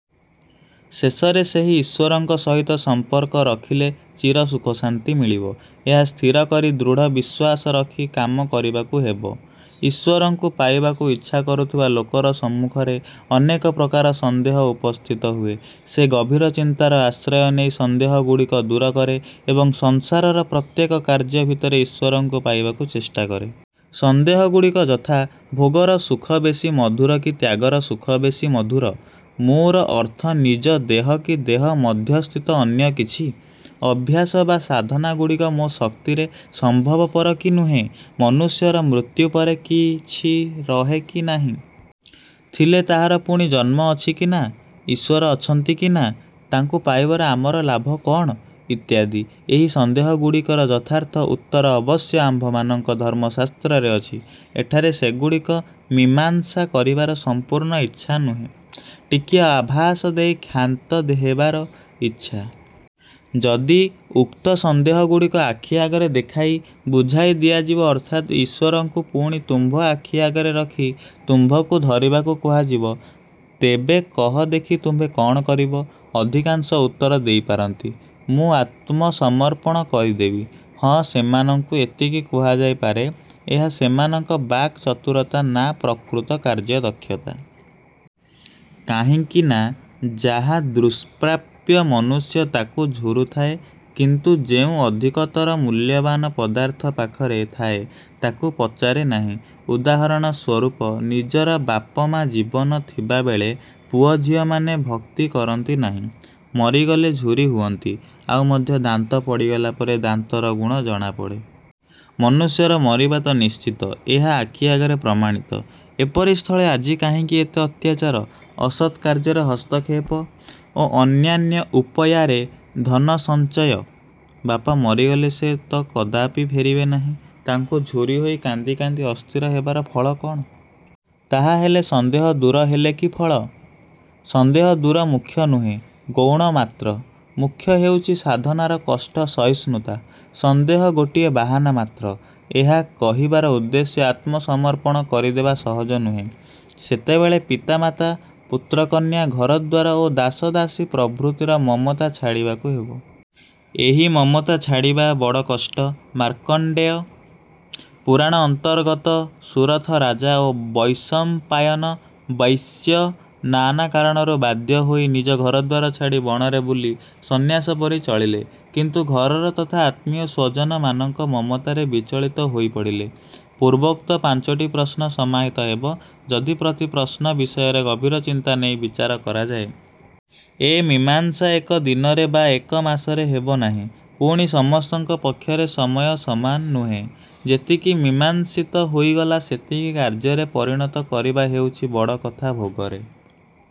ଶେଷରେ ସେହି ଈଶ୍ଵରଙ୍କ ସହିତ ସମ୍ପର୍କ ରଖିଲେ ଚିର ସୁଖଶାନ୍ତି ମିଳିବ, ଏହା ସ୍ଥିର କରି ଦୃଢ଼ ବିଶ୍ଵାସ ରଖି କାମ କରିବାକୁ ହେବ। ଈଶ୍ଵରଙ୍କୁ ପାଇବାକୁ ଇଚ୍ଛା କରୁଥିବା ଲୋକର ସମ୍ମୁଖରେ ଅନେକ ପ୍ରକାର ସନ୍ଦେହ ଉପସ୍ଥିତ ହୁଏ। ସେ ଗଭୀର ଚିନ୍ତାର ଆଶ୍ରୟ ନେଇ ସନ୍ଦେହଗୁଡ଼ିକ ଦୂର କରେ ଏବଂ ସଂସାରର ପ୍ରତ୍ୟେକ କାର୍ଯ୍ୟ ଭିତରେ ଈଶ୍ଵରଙ୍କୁ ପାଇବାକୁ ଚେଷ୍ଟା କରେ। ସନ୍ଦେହଗୁଡ଼ିକ ଯଥା- ଭୋଗର ସୁଖ ବେଶୀ ମଧୁର କି ତ୍ୟାଗର ସୁଖ ବେଶୀ ମଧୁର? "ମୁଁ"ର ଅର୍ଥ ନିଜ ଦେହ କି ଦେହ ମଧ୍ୟସ୍ଥିତ ଅନ୍ୟ କିଛି? ଅଭ୍ୟାସ ବା ସାଧନାଗୁଡ଼ିକ ମୋ ଶକ୍ତିରେ ସମ୍ଭବପର କି ନୁହେଁ-? ମନୁଷ୍ୟର ମୃତ୍ୟୁ ପରେ କିଛି ରହେ କି ନାହିଁ? ଥିଲେ ତାହାର ପୁଣି ଜନ୍ମ ଅଛି କି ନାଁ-? ଈଶ୍ଵର ଅଛନ୍ତି କି ନାଁ? ତାଙ୍କୁ ପାଇବାର ଆମର ଲାଭ କଅଣ? ଇତ୍ୟାଦି। ଏହି ସନ୍ଦେହଗୁଡ଼ିକର ଯଥାର୍ଥ ଉତ୍ତର ଅବଶ୍ୟ ଆମ୍ଭମାନଙ୍କ ଧର୍ମଶାସ୍ତ୍ରରେ ଅଛି। ଏଠାରେ ସେଗୁଡ଼ିକ ମୀମାଂସା କରିବା ସମ୍ପୂର୍ଣ୍ଣ ଇଚ୍ଛା ନୁହେଁ, ଟିକିଏ ଆଭାସ ଦେଇ କ୍ଷାନ୍ତ ହେବାର ଇଚ୍ଛା। ଯଦି, ଉକ୍ତ ସନ୍ଦେହଗୁଡ଼ିକ ଆଖି ଆଗରେ ଦେଖାଇ ବୁଝାଇ ଦିଆଯିବ ଅର୍ଥାତ୍ ଈଶ୍ଵରଙ୍କୁ ଆଣି ତୁମ୍ଭ ଆଖି ଆଗରେ ରଖି ତୁମ୍ଭଙ୍କୁ ଧରିବାକୁ କୁହାଯିବ, ତେବେ କହ ଦେଖି ତୁମ୍ଭେ କ'ଣ କରିବ? ଅଧିକାଂଶ ଉତ୍ତର ଦେଇ ପାରନ୍ତି, "ମୁଁ ଆତ୍ମସମର୍ପଣ କରିଦେବି। " ହଁ, ସେମାନଙ୍କୁ ଏତିକି କୁହାଯାଇ ପାରେ; ଏହା ସେମାନଙ୍କ ବାକ୍ ଚତୁରତା ନାଁ ପ୍ରକୃତ କାର୍ଯ୍ୟଦକ୍ଷତା। କାହିଁକି ନାଁ, ଯାହା ଦୁଷ୍ପ୍ରାପ୍ୟ ମନୁଷ୍ୟ ତାକୁ ଝୁରୁଥାଏ କିନ୍ତୁ ଯେଉଁ ଅଧିକତର ମୂଲ୍ୟବାନ୍ ପଦାର୍ଥ ପାଖରେ ଥାଏ ତାକୁ ପଚାରେ ନାହିଁ। ଉଦାହରଣ ସ୍ୱରୂପ ନିଜର ବାପମା ଜୀବନ ଥିବାବେଳେ ପୁଅଝିଅମାନେ ଭକ୍ତି କରନ୍ତି ନାହିଁ, ମରିଗଲେ ଝୁରି ହୁଅନ୍ତି। ଆଉ ମଧ୍ୟ ଦାନ୍ତ ପଡ଼ିଗଲା ପରେ ଦାନ୍ତର ଗୁଣ ଜଣାପଡ଼େ। ମନୁଷ୍ୟର ମରିବା ତ ନିଶ୍ଚିତ, ଏହା ଆଖି ଆଗରେ ପ୍ରମାଣିତ। ଏପରି ସ୍ଥଳେ ଆଜି କାହିଁକି ଏତେ ଅତ୍ୟାଚାର, ଅସତ୍ କାର୍ଯ୍ୟରେ ହସ୍ତକ୍ଷେପ ଓ ଅନ୍ୟାୟ ଉପୟାରେ ଧନସଞ୍ଚୟ? ବାପା ମରିଗଲେ ସେ ତ କଦାପି ଫେରିବେ ନାହିଁ; ତାଙ୍କୁ ଝୁରି ହୋଇ କାନ୍ଦି କାନ୍ଦି ଅସ୍ଥିର ହେବାର ଫଳ କଅଣ? ତାହାହେଲେ ସନ୍ଦେହ ଦୂର ହେଲେ କି ଫଳ? ସନ୍ଦେହ ଦୂର ମୁଖ୍ୟ ନୁହେଁ, ଗୌଣ ମାତ୍ର। ମୁଖ୍ୟ ହେଉଛି ସାଧନାର କଷ୍ଟ ସହିଷ୍ଣୁତା। ସନ୍ଦେହ ଗୋଟିଏ ବାହାନା ମାତ୍ର। ଏହା କହିବାର ଉଦ୍ଦେଶ୍ୟ ଆତ୍ମସମର୍ପଣ କରିଦେବା ସହଜ ନୁହେଁ। ସେତେବେଳେ ପିତା ମାତା, ପୁତ୍ର କନ୍ୟା, ଘରଦ୍ଵାର ଓ ଦାସଦାସୀ ପ୍ରଭୃତିର ମମତା ଛାଡ଼ିବାକୁ ହେବ। ଏହି ମମତା ଛାଡ଼ିବା ବଡ଼ କଷ୍ଟ। ମାର୍କଣ୍ଡେୟ ପୁରାଣ ଅନ୍ତର୍ଗତ ସୁରଥ ରାଜା ଓ ବୈଶମ୍ପାୟନ ବୈଶ୍ୟ ନାନା କାରଣରୁ ବାଧ୍ୟ ହୋଇ ନିଜ ଘରଦ୍ଵାର ଛାଡ଼ି ବଣରେ ବୁଲି ସନ୍ନ୍ୟାସପରି ଚଳିଲେ, କିନ୍ତୁ ଘରର ତଥା ଆତ୍ମୀୟସ୍ଵଜନମାନଙ୍କ ମମତାରେ ବିଚଳିତ ହୋଇ ପଡ଼ିଲେ। ପୂର୍ବୋକ୍ତ ପାଞ୍ଚଟି ପ୍ରଶ୍ନ ସମାହିତ ହେବ, ଯଦି ପ୍ରତି ପ୍ରଶ୍ନ ବିଷୟରେ ଗଭୀର ଚିନ୍ତା ନେଇ ବିଚାର କରାଯାଏ। ଏ ମୀମାଂସା ଏକ ଦିନରେ ବା ଏକ ମାସରେ ହେବ ନାହିଁ। ପୁଣି ସମସ୍ତଙ୍କ ପକ୍ଷରେ ସମୟ ସମାନ ନୁହେଁ। ଯେତିକି, ମୀମାଂସିତ ହୋଇଗଲା ସେତିକି କାର୍ଯ୍ୟରେ ପରିଣତ କରିବା ହେଉଛି ବଡ଼ କଥା। ଭୋଗରେ